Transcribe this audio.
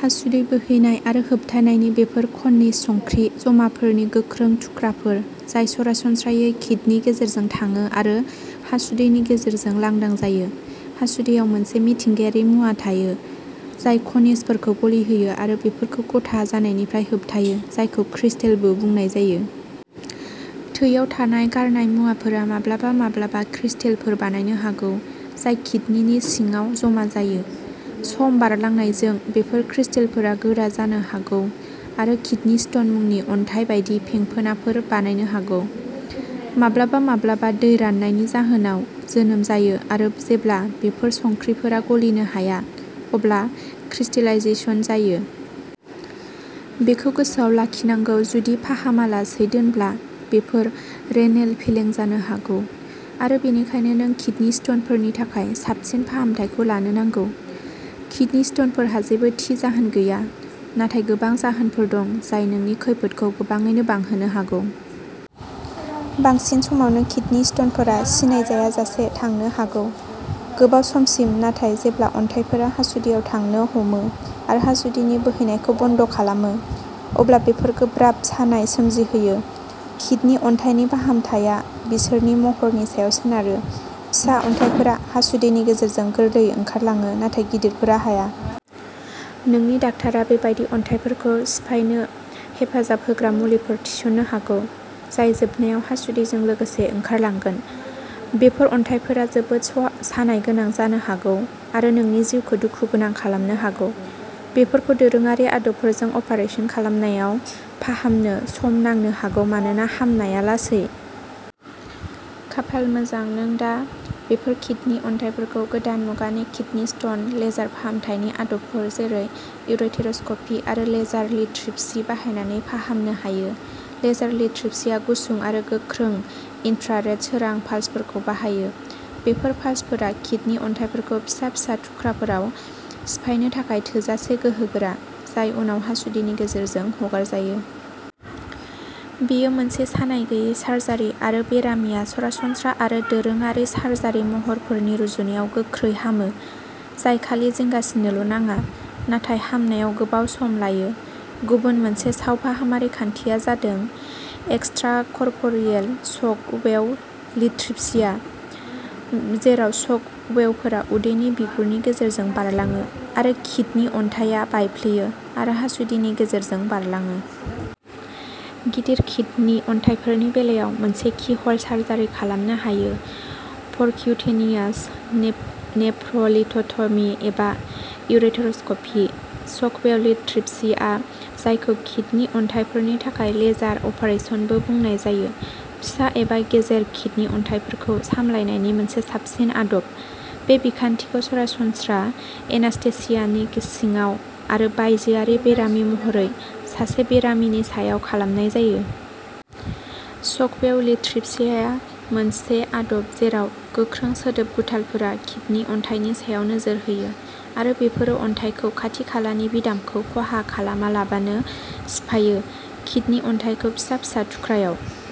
हासुदै बोहैनाय आरो होबथानायनि बेफोर खनिज संख्रि जमाफोरनि गोख्रों थुख्राफोर जाय सरासनस्रायै किदनि गेजेरजों थाङो आरो हासुदैनि गेजेरजों लांदां जायो। हासुदैयाव मोनसे मिथिंगायारि मुवा थायो, जाय खनिजफोरखौ गलिहोयो आरो बेफोरखौ गथा जानायनिफ्राय होबथायो जायखौ क्रिस्टेलबो बुंनाय जायो। थैयाव थानाय गारनाय मुवाफोरा माब्लाबा माब्लाबा क्रिस्टेलफोर बानायनो हागौ जाय किदनिनि सिङाव जमा जायो। सम बारलांनायजों, बेफोर क्रिस्टेलफोरा गोरा जानो हागौ आरो किदनि स्टन मुंनि अन्थाइ बायदि फेंफोनाफोर बानायनो हागौ। माब्लाबा माब्लाबा, दै राननायनि जाहोनाव जोनोम जायो आरो जेब्ला बेफोर संख्रिफोरा गलिनो हाया अब्ला क्रिस्टलाइजेशन जायो। बेखौ गोसोआव लाखिनांगौ जुदि फाहामालासै दोनब्ला बेफोर रेनेल फेलें जानो हागौ, आरो बेनिखायनो नों किदनि स्टनफोरनि थाखाय साबसिन फाहामथायखौ लानो नांगौ। किदनि स्टनफोरहा जेबो थि जाहोन गैया, नाथाय गोबां जाहोनफोर दं जाय नोंनि खैफोदखौ गोबाङैनो बांहोनो हागौ। बांसिन समावनो किदनि स्टनफोरा सिनायजायाजासे थांनो हागौ। गोबाव समसिम, नाथाय जेब्ला अन्थाइफोरा हासुदैयाव थांनो हमो आरो हासुदैनि बोहैनायखौ बन्द' खालामो, अब्ला बेफोर गोब्राब सानाय सोमजिहोयो। किडनि अन्थाइनि फाहामथाया बिसोरनि महरनि सायाव सोनारो। फिसा अन्थाइफोरा हासुदैनि गेजेरजों गोरलैयै ओंखारलाङो, नाथाय गिदिरफोरा हाया। नोंनि डाक्टारआ बेबादि अन्थाइफोरखौ सिफायनो हेफाजाब होग्रा मुलिफोर थिसन्नो हागौ, जाय जोबनायाव हासुदैजों लोगोसे ओंखारलांगोन। बेफोर अन्थाइफोरा जोबोद सानायगोनां जानो हागौ आरो नोंनि जिउखौ दुखुगोनां खालामनो हागौ। बेफोरखौ दोरोङारि आदबफोरजों अपारेसन खालामनायाव फाहामनो सम नांनो हागौ मानोना हामनाया लासै। खाफाल मोजां, नों दा बेफोर किडनि अन्थाइफोरखौ गोदान मुगानि किडनी स्टोन लेजार फाहामथायनि आदबफोर, जेरै इउरेटेरस्कपी आरो लेजार लिथट्रिप्सी बाहायनानै फाहामनो हायो। लेजार लिथट्रिप्सीआ गुसुं आरो गोख्रों इन्फ्रारेड सोरां पाल्सफोरखौ बाहायो। बेफोर पाल्सफोरा किडनि अन्थाइफोरखौ फिसा फिसा थुख्राफोराव सिफायनो थाखाय थोजासे गोहोगोरा, जाय उनाव हासुदैनि गेजेरजों हगारजायो। बेयो मोनसे सानाय गैयै सार्जारि आरो बेरामिया सरासनस्रा आरो दोरोङारि सार्जारि महरफोरनि रुजुनायाव गोख्रै हामो, जाय खालि जिंगासिनोल' नाङा, नाथाय हामनायाव गोबाव सम लायो। गुबुन मोनसे सावफाहामारि खान्थिया जादों एक्सट्राकर्प'रियेल शक वेव लिथट्रिप्सिया, जेराव शक वेवफोरा उदैनि बिगुरनि गेजेरजों बारलाङो आरो किडनि अन्थाइया बायफ्लेयो आरो हासुदैनि गेजेरजों बारलाङो। गिदिर किडनि अन्थाइफोरनि बेलायाव, मोनसे कीह'ल सार्जारि खालामनो हायो पर्क्युटेनियास नेफ्र'लिथ'ट'मि एबा इउरेटेरस्कपि। शकवेव लिथट्रिप्सिया, जायखौ किडनि अन्थाइफोरनि थाखाय लेजार अपारेसनबो बुंनाय जायो, फिसा एबा गेजेर किडनि अन्थाइफोरखौ सामलायनायनि मोनसे साबसिन आदब। बे बिखान्थिखौ सरासनस्रा एनास्थेसियानि सिङाव आरो बायजोआरि बेरामि महरै सासे बेरामिनि सायाव खालामनाय जायो। शकवेव लिथट्रिप्सिया मोनसे आदब जेराव गोख्रों सोदोब गुथालफोरा किडनि अन्थाइनि सायाव नोजोर होयो, आरो बेफोरो अन्थाइखौ खाथि खालानि बिदामखौ खहा खालामालाबानो सिफायो किडनि अन्थाइखौ फिसा फिसा थुख्राआव।